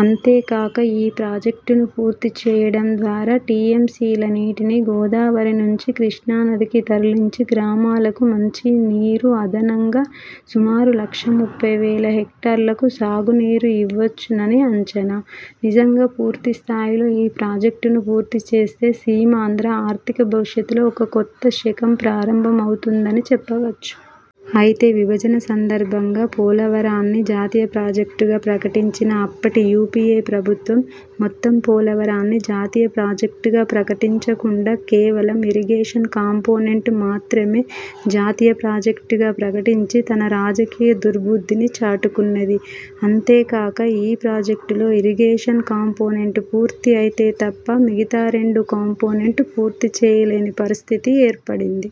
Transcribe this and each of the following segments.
అంతే కాక ఈ ప్రాజెక్ట్ ను పూర్తి చేయడం ద్వారా టీఎంసీ ల నీటిని గోదావరి నుంచి కృష్ణా నదికి తరలించి గ్రామాలకు మంచి నీరు, అదనంగా సుమారు లక్షా ముప్పైవేల హెక్టార్లకు సాగు నీరు ఇవ్వవచ్చునని అంచనా. నిజంగా పూర్తి స్థాయిలో ఈ ప్రాజెక్ట్ ను పూర్తి చేస్తే సీమాంధ్ర ఆర్ధిక భవిష్యత్తు లో ఒక కొత్త శకం ప్రారంభం అవుతుందని చెప్పవచ్చు. అయితే విభజన సందర్భంగా పోలవరాన్ని జాతీయ ప్రాజెక్ట్ గా ప్రకటించిన అప్పటి యూపీఏ ప్రభుత్వం మొత్తం పోలవరాన్ని జాతీయ ప్రాజెక్ట్ గా ప్రకటించకుండా కేవలం ఇరిగేషన్ కంపోనెంట్ మాత్రమే జాతీయ ప్రాజెక్ట్ గా ప్రకటించి తన రాజకీయ దుర్భుద్ధిని చాటుకొన్నది. అంతే కాక ఈ ప్రాజెక్టులో ఇరిగేషన్ కంపోనెంట్ పూర్తి అయితే తప్ప, మిగతా రెండు కంపోనెంట్ పూర్తి చేయలేని పరిస్థితి ఏర్పడింది.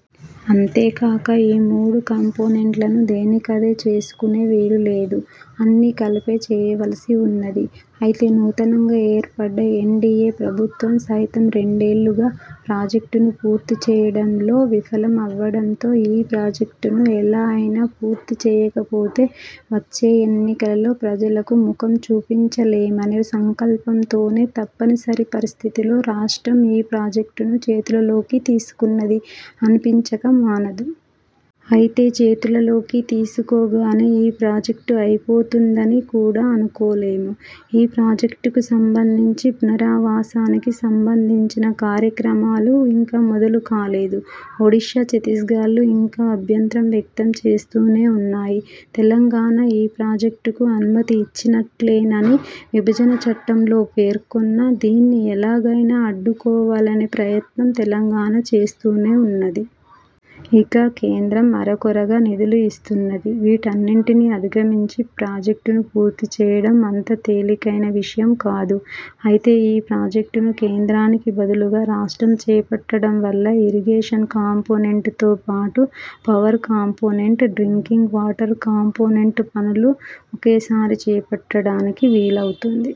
అంతే కాక ఈ మూడు కంపోనెంట్ లను దేనికదే చేసుకొనే వీలు లేదు. అన్ని కలిపే చేయవలసి ఉన్నది. అయితే నూతనంగా ఏర్పడ్డ ఎన్డీయే ప్రభుత్వం సైతం రెండేళ్లుగా ప్రాజెక్ట్ ను పూర్తి చేయడం లో విఫలం అవ్వడంతో, ఈ ప్రాజెక్ట్ ను ఎలా అయినా పూర్తి చేయకపోతే వచ్చే ఎన్నికలలో ప్రజలకు ముఖం చూపించలేమనే సంకల్పం తోనే తప్పనిసరి పరిస్థితిలో రాష్ట్రం ఈ ప్రాజెక్ట్ ను చేతులలోకి తీసుకున్నది అనిపించక మానదు. అయితే చేతులలోకి తీసుకోగానే, ఈ ప్రాజెక్ట్ అయిపోతుందని కూడా అనుకోలేము. ఈ ప్రాజెక్ట్ కు సంబంధించి పునరావాసానికి సంబంధిచిన కార్యక్రమాలు ఇంకా మొదలు కాలేదు. ఒడిశా, ఛత్తీస్గఢ్లు ఇంకా అభ్యంతరం వ్యక్తం చేస్తూనే ఉన్నాయి. తెలంగాణ ఈ ప్రాజెక్ట్ కు అనుమతి ఇచ్చినట్లే నని, విభజన చట్టంలో పేర్కొన్నా- దీన్ని ఎలాగైనా అడ్డుకోవాలనే ప్రయత్నం తెలంగాణ చేస్తూనే ఉన్నది. ఇక కేంద్రం అరకొరగా నిధులు ఇస్తున్నది. వీటన్నిటినీ అధిగమించి ప్రాజెక్ట్ ను పూర్తి చేయడం అంత తేలికయిన విషయం కాదు. అయితే ఈ ప్రాజెక్ట్ ను కేంద్రానికి బదులు గా రాష్ట్రం చేపట్టడం వల్ల ఇరిగేషన్ కంపోనెంట్ తో పాటు, power component, drinking water component పనులు ఒకేసారి చేపట్టడానికి వీలు అవుతుంది.